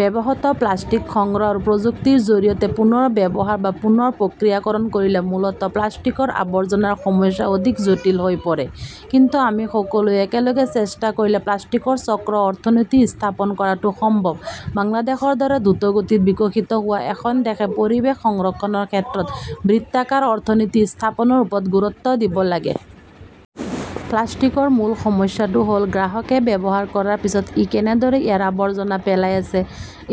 ব্যৱহৃত প্লাষ্টিক সংগ্ৰহ আৰু প্ৰযুক্তিৰ জৰিয়তে পুনৰ ব্যৱহাৰ বা পুনৰ প্ৰক্ৰিয়াকৰণ কৰিলে মূলত প্লাষ্টিকৰ আৱৰ্জনাৰ সমস্যা অধিক জটিল হৈ পৰে। কিন্তু আমি সকলোৱে একেলগে চেষ্টা কৰিলে প্লাষ্টিকৰ চক্ৰ অৰ্থনীতি স্থাপন কৰাটো সম্ভৱ। বাংলাদেশৰ দৰে দ্ৰুতগতিত বিকশিত হোৱা এখন দেশে পৰিৱেশ সংৰক্ষণৰ ক্ষেত্ৰত বৃত্তাকাৰ অৰ্থনীতি স্থাপনৰ ওপৰত গুৰুত্ব দিব লাগে। প্লাষ্টিকৰ মূল সমস্যাটো হ’ল গ্ৰাহকে ব্যৱহাৰ কৰাৰ পিছত ই কেনেদৰে ইয়াৰ আৱৰ্জনা পেলাই আছে।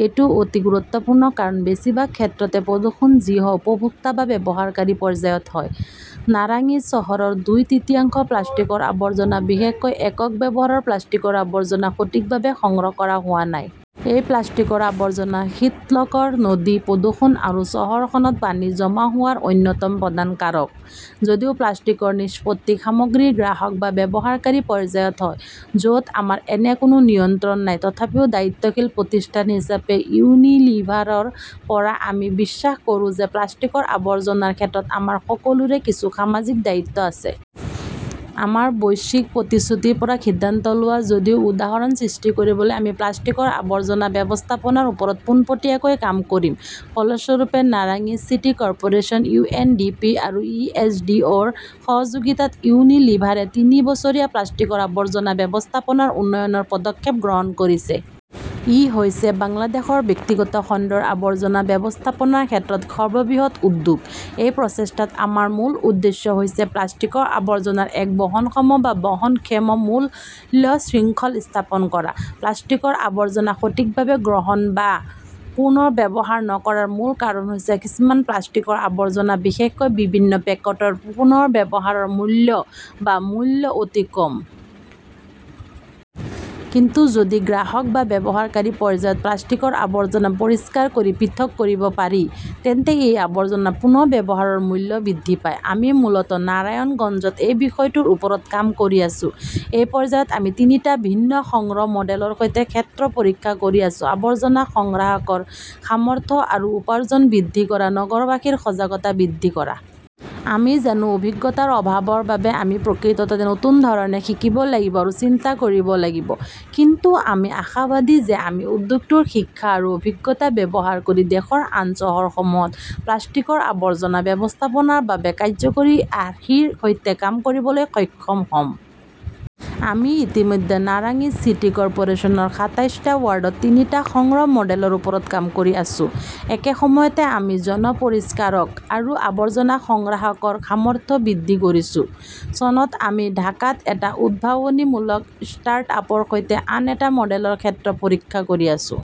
এইটো অতি গুৰুত্বপূৰ্ণ কাৰণ-বেছিভাগ ক্ষেত্ৰতে প্ৰদূষণ যি হয় উপভোক্তা বা ব্যৱহাৰকাৰী পৰ্যায়ত হয়। নাৰাংইজ চহৰৰ দুই তৃতীয়াংশ প্লাষ্টিকৰ আৱৰ্জনা, বিশেষকৈ একক ব্যৱহাৰৰ প্লাষ্টিকৰ আৱৰ্জনা সঠিকভাৱে সংগ্ৰহ কৰা হোৱা নাই। এই প্লাষ্টিকৰ আৱৰ্জনা শীতলকৰ নদী প্ৰদূষণ আৰু চহৰখনত পানী জমা হোৱাৰ অন্যতম প্ৰধান কাৰক। যদিও প্লাষ্টিকৰ নিষ্পত্তি সামগ্ৰীৰ গ্ৰাহক বা ব্যৱহাৰকাৰী পৰ্যায়ত হয়, য 'ত আমাৰ এনে কোনো নিয়ন্ত্ৰণ নাই। তথাপিও দায়িত্বশীল প্ৰতিষ্ঠান হিচাপে ইউনিলিভাৰৰ পৰা আমি বিশ্বাস কৰোঁ যে প্লাষ্টিকৰ আৱৰ্জনাৰ ক্ষেত্ৰত আমাৰ সকলোৰে কিছু সামাজিক দায়িত্ব আছে। আমাৰ বৈশ্বিক প্ৰতিশ্ৰুতিৰ পৰা সিদ্ধান্ত লোৱা, যদিও উদাহৰণ সৃষ্টি কৰিবলৈ আমি প্লাষ্টিকৰ আৱৰ্জনা ব্যৱস্থাপনাৰ ওপৰত পোনপটীয়াকৈ কাম কৰিম। ফলস্বৰূপে, নাৰাংইজ city corporation, U. N. D. P. আৰু ই. এছ. ডি. অ. ৰ সহযোগিতাত ইউনিলিভাৰে তিনি বছৰীয়া প্লাষ্টিকৰ আৱৰ্জনা ব্যৱস্থাপনাৰ উন্নয়নৰ পদক্ষেপ গ্ৰহণ কৰিছে। ই হৈছে বাংলাদেশৰ ব্যক্তিগত খণ্ডৰ আৱৰ্জনা ব্যৱস্থাপনাৰ ক্ষেত্ৰত সৰ্ববৃহৎ উদ্যোগ। এই প্ৰচেষ্টাত আমাৰ মূল উদ্দেশ্য হৈছে প্লাষ্টিকৰ আৱৰ্জনাৰ এক বহনক্ষম বা বহনক্ষম মূল্য শৃংখল স্থাপন কৰা। প্লাষ্টিকৰ আৱৰ্জনা সঠিকভাৱে সংগ্ৰহ বা পুনৰ্ব্যৱহাৰ নকৰাৰ মূল কাৰণ হৈছে কিছুমান প্লাষ্টিকৰ আৱৰ্জনা বিশেষকৈ বিভিন্ন পেকেটৰ পুনৰ্ব্যৱহাৰৰ মূল্য বা মূল্য অতি কম। কিন্তু যদি গ্ৰাহক বা ব্যৱহাৰকাৰী পৰ্যায়ত প্লাষ্টিকৰ আৱৰ্জনা পৰিষ্কাৰ কৰি পৃথক কৰিব পাৰি, তেন্তে এই আৱৰ্জনাৰ পুনৰ্ব্যৱহাৰৰ মূল্য বৃদ্ধি পায়। আমি মূলত নাৰায়ণগঞ্জত এই বিষয়টোৰ ওপৰত কাম কৰি আছো। এই পৰ্যায়ত আমি তিনিটা ভিন্ন সংগ্ৰহ মডেলৰ সৈতে ক্ষেত্ৰ পৰীক্ষা কৰি আছো-আৱৰ্জনা সংগ্ৰাহকৰ সামৰ্থ্য আৰু উপাৰ্জন বৃদ্ধি কৰা, নগৰবাসীৰ সজাগতা বৃদ্ধি কৰা। আমি জানো, অভিজ্ঞতাৰ অভাৱৰ বাবে আমি প্ৰকৃততে নতুন ধৰণে শিকিব লাগিব আৰু চিন্তা কৰিব লাগিব। কিন্তু আমি আশাবাদী যে আমি উদ্যোগটোৰ শিক্ষা আৰু অভিজ্ঞতা ব্যৱহাৰ কৰি দেশৰ আন চহৰসমূহত প্লাষ্টিকৰ আৱৰ্জনা ব্যৱস্থাপনাৰ বাবে কাৰ্য্যকৰী আৰ্হিৰ সৈতে কাম কৰিবলৈ সক্ষম হ 'ম। আমি ইতিমধ্যে নাৰাংইজ চিটি কৰ্পোৰেচনৰ সাতাইশ টা ৱাৰ্ডত তিনিটা সংগ্ৰহ মডেলৰ ওপৰত কাম কৰি আছো। একে সময়তে আমি জন পৰিষ্কাৰক আৰু আৱৰ্জনা সংগ্ৰাহকৰ সামৰ্থ্য বৃদ্ধি কৰিছো। চনত আমি ঢাকাত এটা উদ্ভাৱনীমূলক ষ্টাৰ্টআপৰ সৈতে আন এটা মডেলৰ ক্ষেত্ৰ পৰীক্ষা কৰি আছো।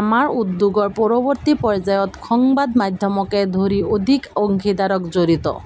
আমাৰ উদ্যোগৰ পৰৱৰ্তী পৰ্যায়ত সংবাদ মাধ্যমকে ধৰি অধিক অংশীদাৰক জড়িত